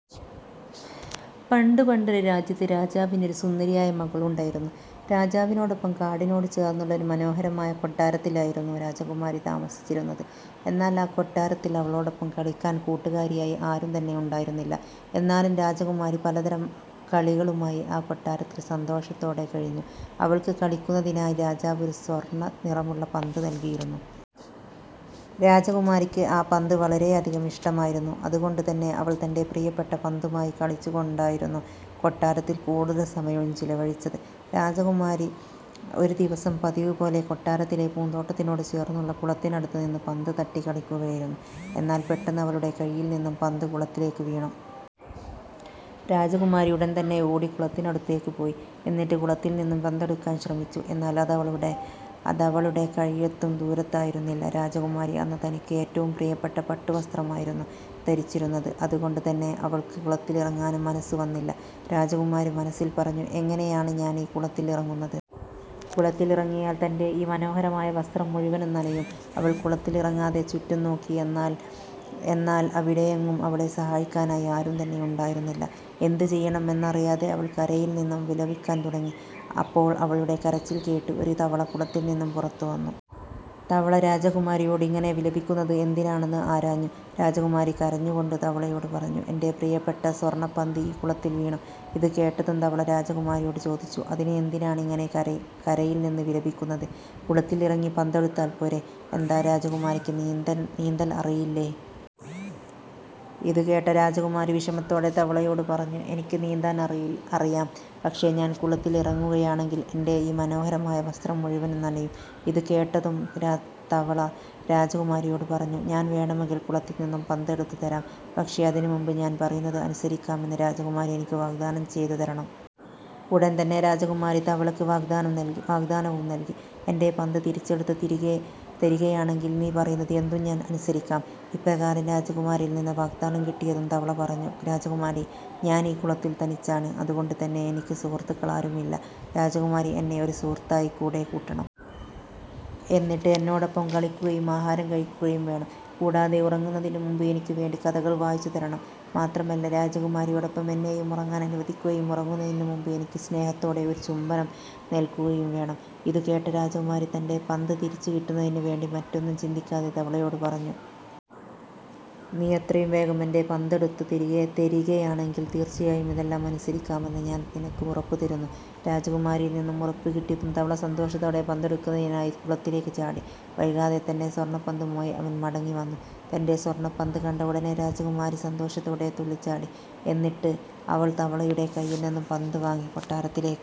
പണ്ടു പണ്ടൊരു രാജ്യത്ത് രാജാവിന് ഒരു സുന്ദരിയായ മകളുണ്ടായിരുന്നു. രാജാവിനോടൊപ്പം കാടിനോട് ചേർന്നുള്ള ഒരു മനോഹരമായ കൊട്ടാരത്തിലായിരുന്നു രാജകുമാരി താമസിച്ചിരുന്നത്. എന്നാൽ ആ കൊട്ടാരത്തിൽ അവളോടൊപ്പം കളിക്കാൻ കൂട്ടുകാരായി ആരും തന്നെ ഉണ്ടായിരുന്നില്ല. എന്നാലും രാജകുമാരി പലതരം കളികളുമായി ആ കൊട്ടാരത്തിൽ സന്തോഷത്തോടെ കഴിഞ്ഞു. അവൾക്ക് കളിക്കുന്നതിനായി രാജാവ് ഒരു സ്വർണ നിറമുള്ള പന്ത് നൽകിയിരുന്നു. രാജകുമാരിക്ക് ആ പന്ത് വളരെയധികം ഇഷ്ടമായിരുന്നു. അതുകൊണ്ട് തന്നെ അവൾ തന്റെ പ്രിയപ്പെട്ട പന്തുമായി കളിച്ചു കൊണ്ടായിരുന്നു കൊട്ടാരത്തിൽ കൂടുതൽ സമയവും ചിലവഴിച്ചത്. രാജകുമാരി ഒരു ദിവസം പതിവു പോലെ കൊട്ടാരത്തിലെ പൂന്തോട്ടത്തിനോട് ചേർന്നുള്ള കുളത്തിനടുത്തു നിന്ന് പന്ത് തട്ടി കളിക്കുകയായിരുന്നു. എന്നാൽ പെട്ടെന്ന് അവളുടെ കൈയിൽ നിന്നും പന്ത് കുളത്തിലേക്ക് വീണു. രാജകുമാരി ഉടൻ തന്നെ ഓടി കുളത്തിനടുത്തേക്ക് പോയി. എന്നിട്ട് കുളത്തിൽ നിന്നും പന്തെടുക്കാൻ ശ്രമിച്ചു. എന്നാൽ അതവളുടെ കൈയെത്തും ദൂരത്തായിരുന്നില്ല. രാജകുമാരി അന്ന് തനിക്ക് ഏറ്റവും പ്രിയപ്പെട്ട പട്ടു വസ്ത്രമായിരുന്നു ധരിച്ചിരുന്നത്. അതുകൊണ്ടു തന്നെ അവൾക്ക് കുളത്തിലിറങ്ങാനും മനസ്സു വന്നില്ല. രാജകുമാരി മനസ്സിൽ പറഞ്ഞു "എങ്ങനെയാണ് ഞാനീ കുളത്തിൽ ഇറങ്ങുന്നത്. കുളത്തിലിറങ്ങിയാൽ തന്റെ ഈ മനോഹരമായ വസ്ത്രം മുഴുവൻ നനയും. " അവൾ കുളത്തിൽ ഇറങ്ങാതെ ചുറ്റും നോക്കി. എന്നാൽ അവിടെയെങ്ങും അവളെ സഹായിക്കാനായി ആരും തന്നെ ഉണ്ടായിരുന്നില്ല. എന്ത് ചെയ്യണം എന്നറിയാതെ അവൾ കരയിൽ നിന്നു വിലപിക്കാൻ തുടങ്ങി. അപ്പോൾ അവളുടെ കരച്ചിൽ കേട്ടു ഒരു തവള കുളത്തിൽ നിന്നും പുറത്തുവന്നു. തവള രാജകുമാരിയോട് ഇങ്ങനെ വിലപിക്കുന്നത് എന്തിനാണെന്ന് ആരാഞ്ഞു. രാജകുമാരി കരഞ്ഞു കൊണ്ട് തവളയോട് പറഞ്ഞു. "എന്റെ പ്രിയപ്പെട്ട സ്വർണപന്ത് ഈ കുളത്തിൽ വീണു. " ഇതു കേട്ടതും തവള രാജകുമാരിയോട് ചോദിച്ചു. "അതിന് എന്തിനാണിങ്ങനെ കരയിൽ നിന്ന് വിലപിക്കുന്നത്? കുളത്തിൽ ഇറങ്ങി പന്തെടുത്താൽ പോരെ? എന്താ രാജകുമാരിക്ക് നീന്തൽ അറിയില്ലേ? " ഇതുകേട്ട രാജകുമാരി വിഷമത്തോടെ തവളയോട് പറഞ്ഞു. "എനിക്ക് നീന്താൻ അറിയാം. പക്ഷേ ഞാൻ കുളത്തിൽ ഇറങ്ങുകയാണെങ്കിൽ എന്റെ ഈ മനോഹരമായ വസ്ത്രം മുഴുവൻ നനയും. " ഇതു കേട്ടതും തവള രാജകുമാരിയോട് പറഞ്ഞു. "ഞാൻ വേണമെങ്കിൽ കുളത്തിൽ നിന്ന് പന്ത് എടുത്തു തരാം. പക്ഷേ അതിനു മുൻപ് ഞാൻ പറയുന്നത് അനുസരിക്കാമെന്ന് രാജകുമാരി എനിക്ക് വാഗ്ദാനം ചെയ്തു തരണം. " ഉടൻതന്നെ രാജകുമാരി തവളയ്ക്ക് വാഗ്ദാനവും നൽകി "എന്റെ പന്ത് തിരിച്ചെടുത്ത് തരികയാണെങ്കിൽ നീ പറയുന്നത് എന്തും ഞാൻ അനുസരിക്കാം. " ഇപ്രകാരം രാജകുമാരിയിൽ നിന്നു വാഗ്ദാനം കിട്ടിയതും തവള പറഞ്ഞു "രാജകുമാരി, ഞാനീ കുളത്തിൽ തനിച്ചാണ്. അതുകൊണ്ടു തന്നെ എനിക്ക് സുഹൃത്തുക്കളാരുമില്ല. രാജകുമാരി എന്നെ ഒരു സുഹൃത്തായി കൂടെ കൂട്ടണം. എന്നിട്ട് എന്നോടൊപ്പം കളിക്കുകയും ആഹാരം കഴിക്കുകയും വേണം. കൂടാതെ ഉറങ്ങുന്നതിന് മുൻപ് എനിക്ക് വേണ്ടി കഥകൾ വായിച്ചു തരണം. മാത്രമല്ല രാജകുമാരിയോടൊപ്പം എന്നെയും ഉറങ്ങാൻ അനുവദിക്കുകയും ഉറങ്ങുന്നതിനു മുൻപ് എനിക്ക് സ്നേഹത്തോടെ ഒരു ചുംബനം നൽകുകയും വേണം. " ഇതു കേട്ട രാജകുമാരി തന്റെ പന്ത് തിരിച്ചു കിട്ടുന്നതിനു വേണ്ടി മറ്റൊന്നും ചിന്തിക്കാതെ തവളയോട് പറഞ്ഞു. "നീ എത്രയും വേഗം എന്റെ പന്തെടുത്ത് തരികയാണെങ്കിൽ തീർച്ചയായും ഇതെല്ലാം അനുസരിക്കാമെന്ന് ഞാൻ നിനക്ക് ഉറപ്പു തരുന്നു. " രാജകുമാരിയിൽ നിന്നും ഉറപ്പ് കിട്ടിയതും തവള സന്തോഷത്തോടെ പന്തെടുക്കുന്നതിനായി കുളത്തിലേക്ക് ചാടി. വൈകാതെ തന്നെ സ്വർണപന്തുമായി അവൻ മടങ്ങി വന്നു. തന്റെ സ്വർണപന്ത് കണ്ട ഉടനെ രാജകുമാരി സന്തോഷത്തോടെ തുള്ളിച്ചാടി. എന്നിട്ട് അവൾ തവളയുടെ കയ്യിൽനിന്നും പന്തും വാങ്ങി കൊട്ടാരത്തിലേക്ക്